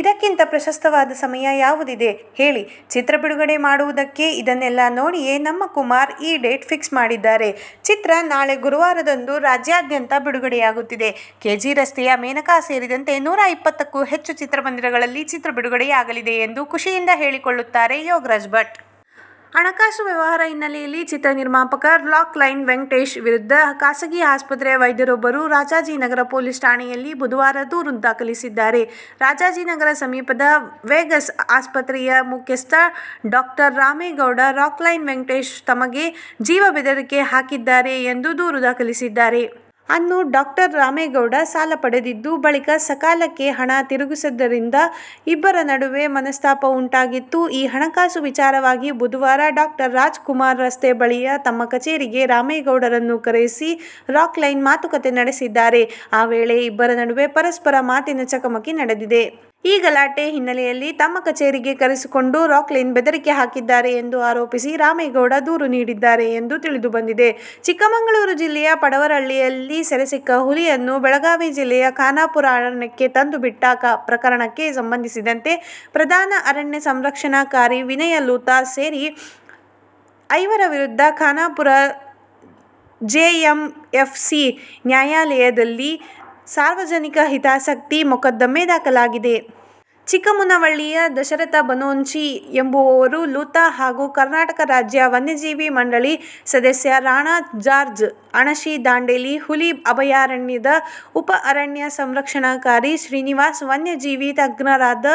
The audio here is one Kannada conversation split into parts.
ಇದಕ್ಕಿಂತ ಪ್ರಶಸ್ತವಾದ ಸಮಯ ಯಾವುದಿದೆ ಹೇಳಿ ಚಿತ್ರ ಬಿಡುಗಡೆ ಮಾಡುವುದಕ್ಕೆ. "ಇದನ್ನೆಲ್ಲಾ ನೋಡಿಯೇ ನಮ್ಮ ಕುಮಾರ್ ಈ ಡೇಟ್ ಫಿಕ್ಸ್ ಮಾಡಿದ್ದಾರೆ. ಚಿತ್ರ ನಾಳೆ ಗುರುವಾರ ರಂದು ರಾಜ್ಯದ್ಯಂತ ಬಿಡುಗಡೆಯಾಗುತ್ತಿದೆ. ಕೆ. ಜಿ. ರಸ್ತೆಯ ಮೇನಕಾ ಸೇರಿದಂತೆ ನೂರ ಇಪ್ಪತ್ತಕ್ಕೂ ಹೆಚ್ಚು ಚಿತ್ರಮಂದಿರಗಳಲ್ಲಿ ಚಿತ್ರ ಬಿಡಗುಡೆಯಾಗಲಿದೆ' ಎಂದು ಖುಷಿಯಿಂದ ಹೇಳಿಕೊಳ್ಳುತ್ತಾರೆ ಯೋಗರಾಜ್ ಭಟ್. ಹಣಕಾಸು ವ್ಯವಹಾರ ಹಿನ್ನೆಲೆಯಲ್ಲಿ ಚಿತ್ರ ನಿರ್ಮಾಪಕ ರಾಕ್ಲೈನ್ ವೆಂಕಟೇಶ್ ವಿರುದ್ಧ ಖಾಸಗಿ ಆಸ್ಪತ್ರೆ ವೈದ್ಯರೊಬ್ಬರು ರಾಜಾಜಿನಗರ ಪೊಲೀಸ್ ಠಾಣೆಯಲ್ಲಿ ಬುಧವಾರ ದೂರು ದಾಖಲಿಸಿದ್ದಾರೆ. ರಾಜಾಜಿನಗರ ಸಮೀಪದ ವೆಗಸ್ ಆಸ್ಪತ್ರೆಯ ಮುಖ್ಯಸ್ಥ ಡಡಾಕ್ಟರ್ ರಾಮೇಗೌಡ, ರಾಕ್ಲೈನ್ ವೆಂಕಟೇಶ್ ತಮಗೆ ಜೀವ ಬೆದರಿಕೆ ಹಾಕಿದ್ದಾರೆ ಎಂದು ದೂರು ದಾಖಲಿಸಿದ್ದಾರೆ. ಅನ್ನು ಡಾಕ್ಟರ್. ರಾಮೇಗೌಡ ಸಾಲ ಪಡೆದಿದ್ದು, ಬಳಿಕ ಸಕಾಲಕ್ಕೆ ಹಣ ಹಿಂತಿರುಗಿಸದಿದ್ದರಿಂದ ಇಬ್ಬರ ನಡುವೆ ಮನಸ್ತಾಪ ಉಂಟಾಗಿತ್ತು. ಈ ಹಣಕಾಸು ವಿಚಾರವಾಗಿ ಬುಧವಾರ ಡಾಕ್ಟರ್ ರಾಜ್ ಕುಮಾರ್ ರಸ್ತೆ ಬಳಿಯ ತಮ್ಮ ಕಚೇರಿಗೆ ರಾಮೇಗೌಡರನ್ನು ಕರೆಸಿ ರಾಕ್ಲೈನ್ ಮಾತುಕತೆ ನಡೆಸಿದ್ದಾರೆ. ಆ ವೇಳೆ ಇಬ್ಬರ ನಡುವೆ ಪರಸ್ಪರ ಮಾತಿನ ಚಕಮಕಿ ನಡೆದಿದೆ. ಈ ಗಲಾಟೆ ಹಿನ್ನೆಲೆಯಲ್ಲಿ ತಮ್ಮ ಕಚೇರಿಗೆ ಕರೆಸಿಕೊಂಡು ರಾಕ್ಲೈನ್ ಬೆದರಿಕೆ ಹಾಕಿದ್ದಾರೆ ಎಂದು ಆರೋಪಿಸಿ ರಾಮೇಗೌಡ ದೂರು ನೀಡಿದ್ದಾರೆ ಎಂದು ತಿಳಿದು ಬಂದಿದೆ. ಚಿಕ್ಕಮಗಳೂರು ಜಿಲ್ಲೆಯ ಪಂಡರವಳ್ಳಿಯಲ್ಲಿ ಸೆರೆ ಸಿಕ್ಕ ಹುಲಿಯನ್ನು ಬೆಳಗಾವಿ ಜಿಲ್ಲೆಯ ಖಾನಾಪುರ ಅರಣ್ಯಕ್ಕೆ ತಂದು ಬಿಟ್ಟ ಪ್ರಕರಣಕ್ಕೆ ಸಂಬಂಧಿಸಿದಂತೆ ಪ್ರಧಾನ ಅರಣ್ಯ ಸಂರಕ್ಷಣಾಧಿಕಾರಿ ವಿನಯ ಲೂಥಾ ಸೇರಿ ಐವರ ವಿರುದ್ಧ ಖಾನಾಪುರ ಜೆಎಂಎಫ್ಸಿ ನ್ಯಾಯಾಲಯದಲ್ಲಿ ಸಾರ್ವಜನಿಕ ಹಿತಾಸಕ್ತಿ ಮೊಕದ್ದಮೆ ದಾಖಲಾಗಿದೆ. ಚಿಕ್ಕಮುನವಳ್ಳಿಯ ದಶರಥ ಬನೋಶಿ ಎಂಬುವವರು, ಲೂಥಾ ಹಾಗೂ ಕರ್ನಾಟಕ ರಾಜ್ಯ ವನ್ಯಜೀವಿ ಮಂಡಳಿ ಸದಸ್ಯ ರಾಣಾ ಜಾರ್ಜ್, ಅಣಶಿ-ದಾಂಡೇಲಿ ಹುಲಿ ಅಭಯಾರಣ್ಯದ ಉಪ ಅರಣ್ಯ ಸಂರಕ್ಷಣಾಧಿಕಾರಿ ಶ್ರೀನಿವಾಸ, ವನ್ಯಜೀವಿ ತಜ್ಞರಾದ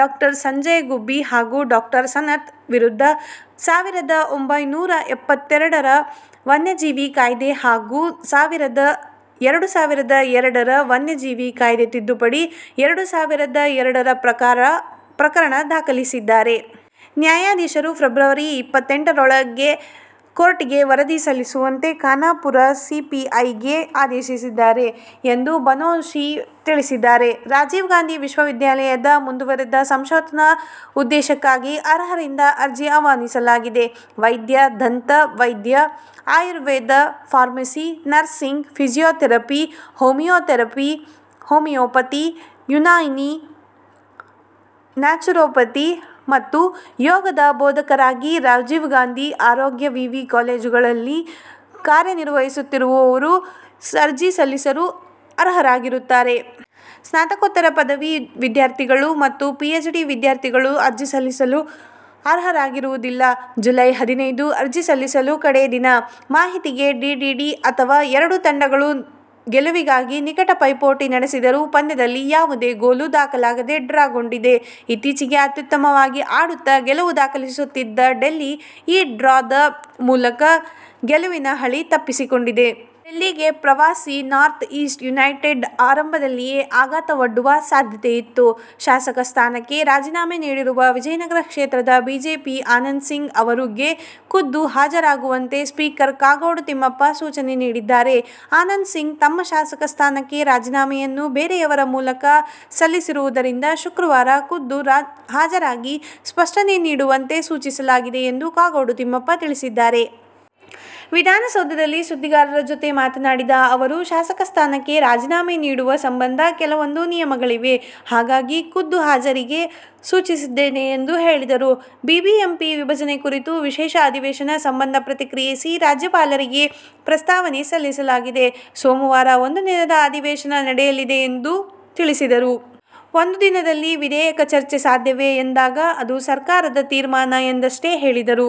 ಡಾ ಸಂಜಯ ಗುಬ್ಬಿ ಹಾಗೂ ಡಾ ಸನತ್ ವಿರುದ್ಧ ಸಾವಿರದ ಒಂಬೈನೂರ ಎಪ್ಪತ್ತೆರಡರ ವನ್ಯಜೀವಿ ಕಾಯ್ದೆ ಹಾಗೂ ಎರಡು ಸಾವಿರದ ಎರಡರ ವನ್ಯಜೀವಿ ಕಾಯ್ದೆ ತಿದ್ದುಪಡಿ ಎರಡು ಸಾವಿರದ ಎರಡರ ಪ್ರಕಾರ ಪ್ರಕರಣ ದಾಖಲಿಸಿದ್ದಾರೆ. ನ್ಯಾಯಾಧೀಶರು ಫೆಬ್ರವರಿ ಇಪ್ಪತ್ತೆಂಟರೊಳಗೆ ಕೋರ್ಟಿಗೆ ವರದಿ ಸಲ್ಲಿಸುವಂತೆ ಖಾನಾಪುರ ಸಿಪಿಐಗೆ ಆದೇಶಿಸಿದ್ದಾರೆ ಎಂದು ಬನೋಶಿ ತಿಳಿಸಿದ್ದಾರೆ. ರಾಜೀವ್ ಗಾಂಧಿ ವಿಶ್ವವಿದ್ಯಾನಿಲಯದ ಮುಂದುವರೆದ ಸಂಶೋಧನಾ ಉದ್ದೇಶಕ್ಕಾಗಿ ಅರ್ಹರಿಂದ ಅರ್ಜಿ ಆಹ್ವಾನಿಸಲಾಗಿದೆ. ವೈದ್ಯ, ದಂತ ವೈದ್ಯ, Ayurveda, pharmacy, nursing, physiotherapy, homeopathy, Unani, naturopathy ಮತ್ತು ಯೋಗದ ಬೋಧಕರಾಗಿ ರಾಜೀವ್ಗಾಂಧಿ ಆರೋಗ್ಯ ವಿವಿ ಕಾಲೇಜುಗಳಲ್ಲಿ ಕಾರ್ಯನಿರ್ವಹಿಸುತ್ತಿರುವರು ಅರ್ಜಿ ಸಲ್ಲಿಸಲು ಅರ್ಹರಾಗಿರುತ್ತಾರೆ. ಸ್ನಾತಕೋತ್ತರ ಪದವಿ ವಿದ್ಯಾರ್ಥಿಗಳು ಮತ್ತು ಪಿಎಚ್ಡಿ ವಿದ್ಯಾರ್ಥಿಗಳು ಅರ್ಜಿ ಸಲ್ಲಿಸಲು ಅರ್ಹರಾಗಿರುವುದಿಲ್ಲ. ಜುಲೈ ಹದಿನೈದು ಅರ್ಜಿ ಸಲ್ಲಿಸಲು ಕಡೆ ದಿನ. ಮಾಹಿತಿಗೆ ಡಿಡಿಡಿಅಥವಾ. ಎರಡೂ ತಂಡಗಳು ಗೆಲುವಿಗಾಗಿ ನಿಕಟ ಪೈಪೋಟಿ ನಡೆಸಿದರೂ ಪಂದ್ಯದಲ್ಲಿ ಯಾವುದೇ ಗೋಲು ದಾಖಲಾಗದೆ ಡ್ರಾಗೊಂಡಿದೆ. ಇತ್ತೀಚೆಗೆ ಅತ್ಯುತ್ತಮವಾಗಿ ಆಡುತ್ತ ಗೆಲುವು ದಾಖಲಿಸುತ್ತಿದ್ದ ಡೆಲ್ಲಿ ಈ ಡ್ರಾದ ಮೂಲಕ ಗೆಲುವಿನ ಹಳಿ ತಪ್ಪಿಸಿಕೊಂಡಿದೆ. ಡೆಲ್ಲಿಗೆ ಪ್ರವಾಸಿ ನಾರ್ಥ್ ಈಸ್ಟ್ ಯುನೈಟೆಡ್ ಆರಂಭದಲ್ಲೇ ಆಘಾತವೊಡ್ಡುವ ಸಾಧ್ಯತೆಯಿತ್ತು. ಶಾಸಕ ಸ್ಥಾನಕ್ಕೆ ರಾಜೀನಾಮೆ ನೀಡಿರುವ ವಿಜಯನಗರ ಕ್ಷೇತ್ರದ ಬಿಜೆಪಿ ಆನಂದ್ಸಿಂಗ್ ಅವರಿಗೆ ಖುದ್ದು ಹಾಜರಾಗುವಂತೆ ಸ್ಪೀಕರ್ ಕಾಗೋಡು ತಿಮ್ಮಪ್ಪ ಸೂಚನೆ ನೀಡಿದ್ದಾರೆ. ಆನಂದ್ಸಿಂಗ್ ತಮ್ಮ ಶಾಸಕ ಸ್ಥಾನಕ್ಕೆ ರಾಜೀನಾಮೆಯನ್ನು ಬೇರೆಯವರ ಮೂಲಕ ಸಲ್ಲಿಸಿರುವುದರಿಂದ ಶುಕ್ರವಾರ ಖುದ್ದು ಹಾಜರಾಗಿ ಸ್ಪಷ್ಟನೆ ನೀಡುವಂತೆ ಸೂಚಿಸಲಾಗಿದೆ ಎಂದು ಕಾಗೋಡು ತಿಮ್ಮಪ್ಪ ತಿಳಿಸಿದ್ದಾರೆ. ವಿಧಾನಸೌಧದಲ್ಲಿ ಸುದ್ದಿಗಾರರ ಜತೆ ಮಾತನಾಡಿದ ಅವರು, ಶಾಸಕ ಸ್ಥಾನಕ್ಕೆ ರಾಜೀನಾಮೆ ನೀಡುವ ಸಂಬಂಧ ಕೆಲವೊಂದು ನಿಯಮಗಳಿವೆ. ಹಾಗಾಗಿ, ಖುದ್ದು ಹಾಜರಿಗೆ ಸೂಚಿಸಿದ್ದೇನೆ ಎಂದು ಹೇಳಿದರು. ಬಿಬಿಎಂಪಿ ವಿಭಜನೆ ಕುರಿತು ವಿಶೇಷ ಅಧಿವೇಶನ ಸಂಬಂಧ ಪ್ರತಿಕ್ರಿಯಿಸಿ, ರಾಜ್ಯಪಾಲರಿಗೆ ಪ್ರಸ್ತಾವನೆ ಸಲ್ಲಿಸಲಾಗಿದೆ. ಸೋಮವಾರ ಒಂದು ದಿನದ ಅಧಿವೇಶನ ನಡೆಯಲಿದೆ ಎಂದು ತಿಳಿಸಿದರು. ಒಂದು ದಿನದಲ್ಲಿ ವಿಧೇಯಕ ಚರ್ಚೆ ಸಾಧ್ಯವೇ ಎಂದಾಗ, ಅದು ಸರ್ಕಾರದ ತೀರ್ಮಾನ ಎಂದಷ್ಟೇ ಹೇಳಿದರು.